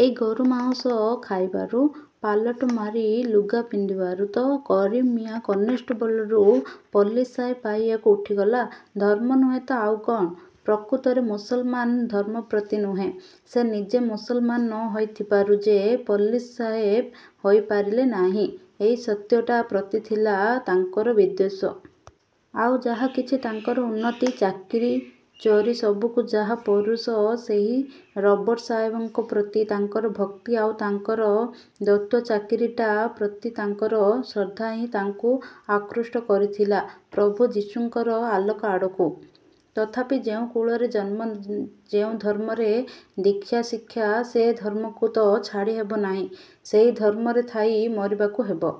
ଏହି ଗୋରୁ ମାଉଁସ ଖାଇବାରୁ ପାଲଟ ମାରି ଲୁଗା ପିନ୍ଧିବାରୁ ତ କରିମ ମିଆଁ କନେଷ୍ଟବଲରୁ ପୁଲିସ ସାହେବ ପାହିଆକୁ ଉଠିଗଲା। ଧର୍ମ ନୁହେଁ ତ ଆଉ କଣ? ପ୍ରକୃତରେ ମୁସଲମାନ ଧର୍ମ ପ୍ରତି ନୁହେଁ, ସେ ନିଜେ ମୁସଲମାନ ନ ହୋଇଥିବାରୁ ଯେ ପୁଲିସ ସାହେବ ହେଇ ପାରିଲେ ନାହିଁ, ଏହି ସତ୍ୟଟା ପ୍ରତି ଥିଲା ତାଙ୍କର ବିଦ୍ୱେଷ। ଆଉ ଯାହା କିଛି ତାଙ୍କର ଉନ୍ନତି, ଚାକିରି, ଚୋରି ସବୁକୁ ସାହା ପୁରୁଷ ସେହି ରବଟ ସାହେବଙ୍କ ପ୍ରତି ତାଙ୍କର ଭକ୍ତି ଆଉ ତାଙ୍କ ଦତ୍ତ ଚାକିରିଟା ପ୍ରତି ତାଙ୍କର ଶ୍ରଦ୍ଧାହିଁ ତାଙ୍କୁ ଆକୃଷ୍ଟ କରିଥିଲା ପ୍ରଭୁ ଯିଶୁଙ୍କର ଆଲୋକ ଆଡ଼କୁ। ତଥାପି ଯେଉଁ କୁଳରେ ଜନ୍ମ ଯେଉଁ ଧର୍ମରେ ଦୀକ୍ଷା ଶିକ୍ଷା ସେ ଧର୍ମକୁ ତ ଛାଡ଼ି ହେବ ନାହିଁ ସେଇ ଧର୍ମରେ ଥାଇ ମରିବାକୁ ହେବ।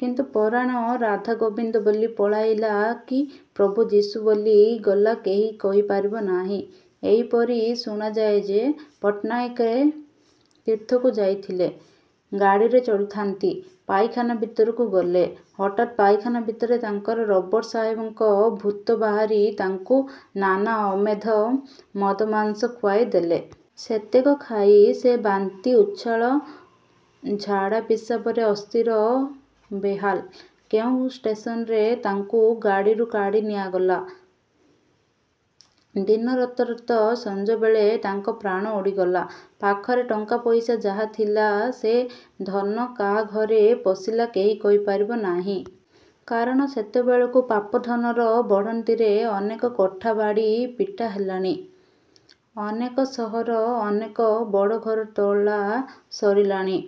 କିନ୍ତୁ ପରାଣ ରାଧା ଗୋବିନ୍ଦ ବୋଲି ପଳେଇଲା କି ପ୍ରଭୁ ଯିଶୁ ବୋଲି ଗଲା କେହି କହି ପାରିବ ନାହିଁ। ଏହିପରି ଶୁଣାଯାଏ ଯେ ପଟ୍ଟନାୟକେ ତୀର୍ଥକୁ ଯାଉଥିଲେ। ଗାଡ଼ିରେ ଚଢ଼ିଥାନ୍ତି। ପାଇଖାନା ଭିତରକୁ ଗଲେ। ହଠାତ ପାଇଖାନା ଭିତରେ ତାଙ୍କ ରବଟ ସାହେବଙ୍କ ଭୂତ ବାହାରି ତାଙ୍କୁ ନାନା ଅମେଧ୍ୟ ମଦମାଂସ ଖୁଆଇ ଦେଲେ। ସେତେକ ଖାଇ ସେ ବାନ୍ତି ଉଚ୍ଛାଳ, ଝାଡ଼ା ପିସାବରେ ଅସ୍ଥିର ବେହାଲ୍। କେଉଁ ଷ୍ଟେସନରେ ତାଙ୍କୁ ଗାଡ଼ିରୁ କାଢ଼ି ନିଆଗଲା। ଦିନ ରତ ରତ ସଞ୍ଜବେଳେ ତାଙ୍କ ପ୍ରାଣ ଉଡିଗଲା। ପାଖରେ ଟଙ୍କାପଇସା ଯାହାଥିଲା ସେ ଧନ କାହାଘରେ ପଶିଲା କେହି କହି ପାରିବ ନାହିଁ। କାରଣ ସେତେବେଳକୁ ପାପ ଧନର ବଢ଼ନ୍ତିରେ ଅନେକ କୋଠା ବାଡ଼ି ପିଟା ହେଲାଣି। ଅନେକ ସହର, ଅନେକ ବଡ଼ଘର ତୋଳା ସରିଲାଣି।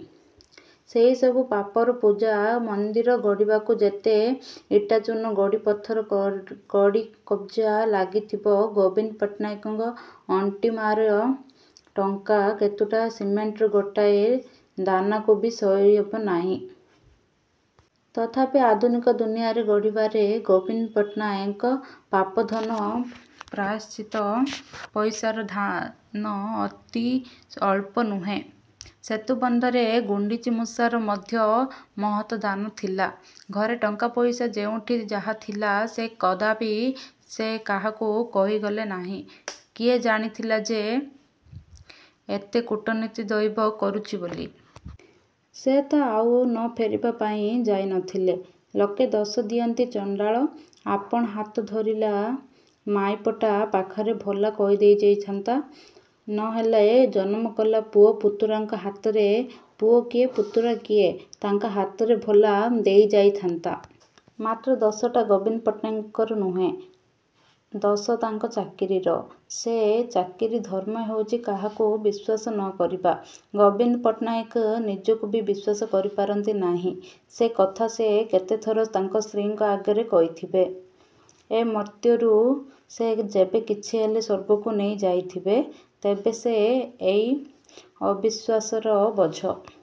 ସେଇ ସବୁ ପାପର ପୂଜା ମନ୍ଦିର ଗଢ଼ିବାକୁ ଯେତେ ଇଟା ଚୂନ ଗୋଡ଼ି ପଥର କଡ଼ି କବ୍ଜା ଲାଗିଥିବ ଗୋବିନ୍ଦ ପଟ୍ଟନାୟକଙ୍କ ଅଣ୍ଟିମରା ଟଙ୍କା କେତୁଟା ସିମେଣ୍ଟର ଗୋଟାଏ ଦାନକୁବି ସରିହେବ ନାହିଁ। ତଥାପି ଆଧୁନିକ ଦୁନିଆ ଗଢ଼ିବାରେ ଗୋବିନ୍ଦ ପଟ୍ଟନାୟକଙ୍କ ପାପ ଧନ ପ୍ରାୟଶ୍ଚିତ୍ତ ପଇସାର ଦାନ ଅତି ଅଳ୍ପ ନୁହେଁ। ସେତୁବନ୍ଧରେ ଗୁଣ୍ଡୁଚିମୂଷାର ମଧ୍ୟ ମହତ୍ ଦାନ ଥିଲା। ଘରେ ଟଙ୍କାପଇସା ଯେଉଁଠି ଯାହା ଥିଲା ସେ କଦାବି ସେ କାହାକୁ କହିଗଲେ ନାହିଁ। କିଏ ଜାଣିଥିଲା ଏତେ କୂଟନୀତି ଦଇବ କରୁଚି ବୋଲି? ସେ ତ ଆଉ ନ ଫେରିବାପାଇଁ ଯାଇ ନଥିଲେ। ଲୋକେ ଦୋଷ ଦିଅନ୍ତି ଚଣ୍ଡାଳ, ଆପଣ ହାତ ଧରିଲା ମାଇପଟା ପାଖରେ ଭଲା କହି ଦେଇ ଯାଇଥାନ୍ତା। ନ ହେଲା ଜନମ କଲା ପୁଅ ପୁତୁରାଙ୍କ ହାତରେ ପୁଅ କିଏ ପୁତୁରା କିଏ ତାଙ୍କ ହାତରେ ଭଲା ଦେଇଯାଇଥାନ୍ତା! ମାତ୍ର ଦୋଷଟା ଗୋବିନ୍ଦ ପଟ୍ଟନାହାକଙ୍କର ନୁହେଁ ଦୋଷ ତାଙ୍କ ଚାକିରିର। ସେ ଚାକିରି ଧର୍ମ ହେଉଚି କାହାକୁ ବିଶ୍ୱାସ ନ କରିବା। ଗୋବିନ୍ଦ ପଟ୍ଟନାୟକ ନିଜକୁବି ବିଶ୍ୱାସ କରିପାରନ୍ତି ନାହିଁ। ସେ କଥା ସେ କେତେଥର ତାଙ୍କ ସ୍ତ୍ରୀଙ୍କ ଆଗେ କହିଥିବେ। ଏ ମର୍ତ୍ତ୍ୟରୁ ସେ ଯେବେ କିଛି ହେଲେ ସ୍ୱର୍ଗକୁ ନେଇ ଯାଇଥିବେ, ତେବେ ସେ ଏଇ ଅବିଶ୍ୱାସର ବୋଝ।